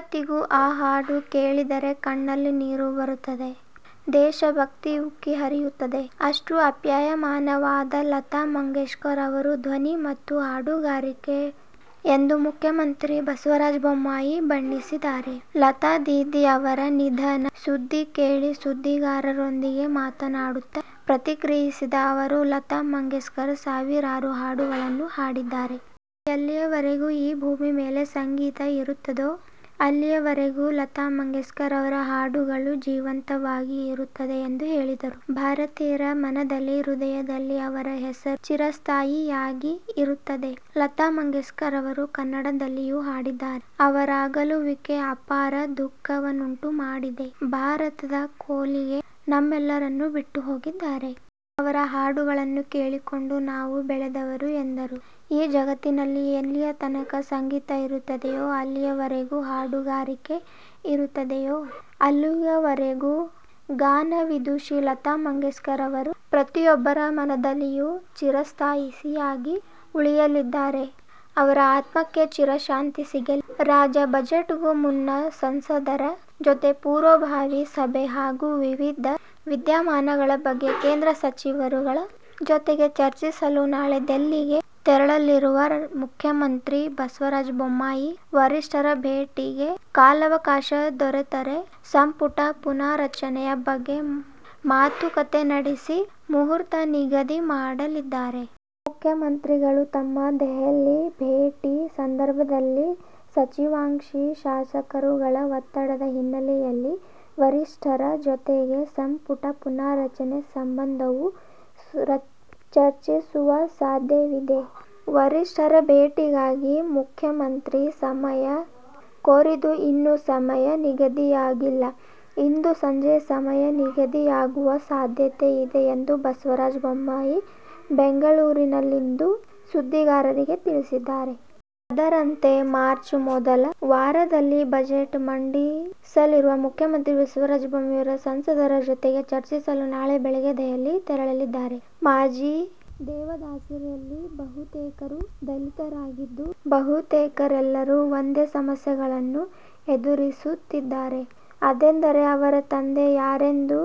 ಇವತ್ತಿಗೂ ಆ ಹಾಡು ಕೇಳಿದರೆ ಕಣ್ಣಲ್ಲಿ ನೀರು ಬರುತ್ತದೆ, ದೇಶಭಕ್ತಿ ಉಕ್ಕಿ ಹರಿಯುತ್ತದೆ. ಅಷ್ಟು ಅಪ್ಯಾಯಮಾನವಾದ ಲತಾ ಮಂಗೇಶ್ಕರ್ ಅವರ ಧ್ವನಿ ಮತ್ತು ಹಾಡುಗಾರಿಕೆ ಎಂದು ಮುಖ್ಯಮಂತ್ರಿ ಬಸವರಾಜ ಬೊಮ್ಮಾಯಿ ಬಣ್ಣಿಸಿದ್ದಾರೆ. ಲತಾ ದೀದಿ ಅವರ ನಿಧನ ಸುದ್ದಿ ಕೇಳಿ ಸುದ್ದಿಗಾರರೊಂದಿಗೆ ಮಾತನಾಡುತ್ತಾ ಪ್ರತಿಕ್ರಿಯಿಸಿದ ಅವರು, ಲತಾ ಮಂಗೇಶ್ಕರ್ ಸಾವಿರಾರು ಹಾಡುಗಳನ್ನು ಹಾಡಿದ್ದಾರೆ. ಎಲ್ಲಿಯವರೆಗೂ ಈ ಭೂಮಿ ಮೇಲೆ ಸಂಗೀತ ಇರುತ್ತದೋ ಅಲ್ಲಿಯವರೆಗೂ ಲತಾ ಮಂಗೇಶ್ಕರ್ ಅವರ ಹಾಡುಗಳು ಜೀವಂತವಾಗಿ ಇರುತ್ತದೆ ಎಂದು ಹೇಳಿದರು. ಭಾರತೀಯರ ಮನದಲ್ಲಿ, ಹೃದಯದಲ್ಲಿ ಅವರ ಹೆಸರು ಚಿರಸ್ಥಾಯಿಯಾಗಿ ಇರುತ್ತದೆ. ಲತಾ ಮಂಗೇಶ್ಕರ್ ಅವರು ಕನ್ನಡದಲ್ಲಿಯೂ ಹಾಡಿದ್ದಾರೆ. ಅವರ ಅಗಲುವಿಕೆ ಅಪಾರ ದುಃಖವನ್ನುಂಟುಮಾಡಿದೆ. ಭಾರತದ ಕೋಗಿಲೆ ನಮ್ಮೆಲ್ಲರನ್ನೂ ಬಿಟ್ಟುಹೋಗಿದ್ದಾರೆ. ಅವರ ಹಾಡುಗಳನ್ನು ಕೇಳಿಕೊಂಡು ನಾವು ಬೆಳೆದವರು ಎಂದರು. ಈ ಜಗತ್ತಿನಲ್ಲಿ ಎಲ್ಲಿಯತನಕ ಸಂಗೀತ ಇರುತ್ತದೆಯೋ, ಎಲ್ಲಿಯವರೆಗೂ ಹಾಡುಗಾರಿಕೆ ಇರುತ್ತದೆಯೋ, ಅಲ್ಲಿಯವರೆಗೂ ಗಾನ ವಿದುಷಿ ಲತಾ ಮಂಗೇಶ್ಕರ್ ಅವರು ಪ್ರತಿಯೊಬ್ಬರ ಮನದಲ್ಲಿಯೂ ಚಿರಸ್ಥಾಯಿಯಾಗಿ ಉಳಿಯಲಿದ್ದಾರೆ. ಅವರ ಆತ್ಮಕ್ಕೆ ಚಿರಶಾಂತಿ ಸಿಗಲಿ. ರಾಜ್ಯ ಬಜೆಟ್ ಗೂ ಮುನ್ನ ಸಂಸದರ ಜೊತೆ ಪೂರ್ವಭಾವಿ ಸಭೆ ಹಾಗೂ ವಿವಿಧ ವಿದ್ಯಮಾನಗಳ ಬಗ್ಗೆ ಕೇಂದ್ರ ಸಚಿವರುಗಳ ಜೊತೆಗೆ ಚರ್ಚಿಸಲು ನಾಳೆ ದೆಹಲಿಗೆ ತೆರಳಲಿರುವ ಮುಖ್ಯಮಂತ್ರಿ ಬಸವರಾಜ ಬೊಮ್ಮಾಯಿ, ವರಿಷ್ಠರ ಭೇಟಿಗೆ ಕಾಲಾವಕಾಶ ದೊರೆತರೆ ಸಂಪುಟ ಪುನಾರಚನೆಯ ಬಗ್ಗೆ ಮಾತುಕತೆ ನಡೆಸಿ, ಮುಹೂರ್ತ ನಿಗದಿ ಮಾಡಲಿದ್ದಾರೆ. ಮುಖ್ಯಮಂತ್ರಿಗಳು ತಮ್ಮ ದೆಹಲಿ ಭೇಟಿ ಸಂದರ್ಭದಲ್ಲಿ ಸಚಿವಾಕಾಂಕ್ಷಿ ಶಾಸಕರುಗಳ ಒತ್ತಡದ ಹಿನ್ನೆಲೆಯಲ್ಲಿ ವರಿಷ್ಠರ ಜೊತೆಗೆ ಸಂಪುಟ ಪುನಾರಚನೆ ಸಂಬಂಧವೂ ಚರ್ಚಿಸುವ ಸಾಧ್ಯತೆಯಿದೆ. ವರಿಷ್ಠರ ಭೇಟಿಗಾಗಿ ಮುಖ್ಯಮಂತ್ರಿ ಸಮಯ ಕೋರಿದ್ದು, ಇನ್ನೂ ಸಮಯ ನಿಗದಿಯಾಗಿಲ್ಲ. ಇಂದು ಸಂಜೆ ಸಮಯ ನಿಗದಿಯಾಗುವ ಸಾಧ್ಯತೆಯಿದೆ ಎಂದು ಬಸವರಾಜ ಬೊಮ್ಮಾಯಿ ಬೆಂಗಳೂರಿನಲ್ಲಿಂದು ಸುದ್ದಿಗಾರರಿಗೆ ತಿಳಿಸಿದರು. ಅದರಂತೆ ಮಾರ್ಚ್ ಮೊದಲ ವಾರದಲ್ಲಿ ಬಜೆಟ್ ಮಂಡಿಸಲಿರುವ ಮುಖ್ಯಮಂತ್ರಿ ಬಸವರಾಜ ಬೊಮ್ಮಾಯಿ ಸಂಸದರ ಜೊತೆಗೆ ಚರ್ಚಿಸಲು ನಾಳೆ ಬೆಳಗ್ಗೆ ದೆಹಲಿಗೆ ತೆರಳಲಿದ್ದಾರೆ. ಮಾಜಿ ದೇವದಾಸಿಯರಲ್ಲಿ ಬಹುತೇಕರು ದಲಿತರಾಗಿದ್ದು ಬಹುತೇಕರೆಲ್ಲರೂ ಒಂದೇ ಸಮಸ್ಯೆಯನ್ನು ಎದುರಿಸುತ್ತಿದ್ದಾರೆ. ಅದೆಂದರೆ ಅವರ ತಂದೆ ಯಾರೆಂದು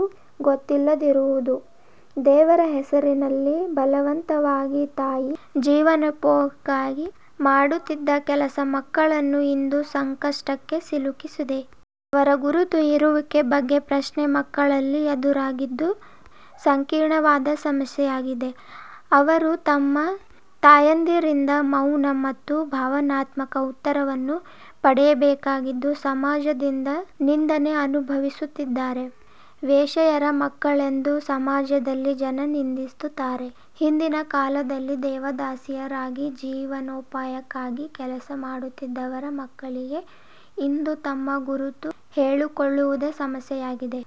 ಗೊತ್ತಿಲ್ಲದಿರುವುದು. ದೇವರ ಹೆಸರಿನಲ್ಲಿ ಬಲವಂತವಾಗಿ ತಾಯಿ ಜೀವನೋಪಾಯಕ್ಕಾಗಿ ಮಾಡುತ್ತಿದ್ದ ಕೆಲಸ ಮಕ್ಕಳನ್ನು ಇಂದು ಸಂಕಷ್ಟಕ್ಕೆ ಸಿಲುಕಿಸುತ್ತಿದೆ. ಅವರ ಗುರುತು, ಇರುವಿಕೆ ಬಗ್ಗೆ ಪ್ರಶ್ನೆ ಮಕ್ಕಳಲ್ಲಿ ಎದುರಾಗಿದ್ದು ಸಂಕೀರ್ಣವಾದ ಸಮಸ್ಯೆಯಾಗಿದೆ. ಅವರು ತಮ್ಮ ತಾಯಂದಿರಿಂದ ಮೌನ ಮತ್ತು ಭಾವನಾತ್ಮಕ ಉತ್ತರವನ್ನು ಪಡೆಯಬೇಕಾಗಿದ್ದು ಸಮಾಜದಿಂದ ನಿಂದನೆ ಅನುಭವಿಸುತ್ತಿದ್ದಾರೆ. ವೇಶ್ಯಯರ ಮಕ್ಕಳೆಂದು ಸಮಾಜದಲ್ಲಿ ಜನ ನಿಂದಿಸುತ್ತಾರೆ. ಹಿಂದಿನ ಕಾಲದಲ್ಲಿ ದೇವದಾಸಿಯರಾಗಿ ಜೀವನೋಪಾಯಕ್ಕಾಗಿ ಕೆಲಸ ಮಾಡುತ್ತಿದ್ದವರ ಮಕ್ಕಳಿಗೆ ಇಂದು ತಮ್ಮ ಗುರುತು ಹೇಳಿಕೊಳ್ಳುವುದೇ ಸಮಸ್ಯೆಯಾಗಿದೆ.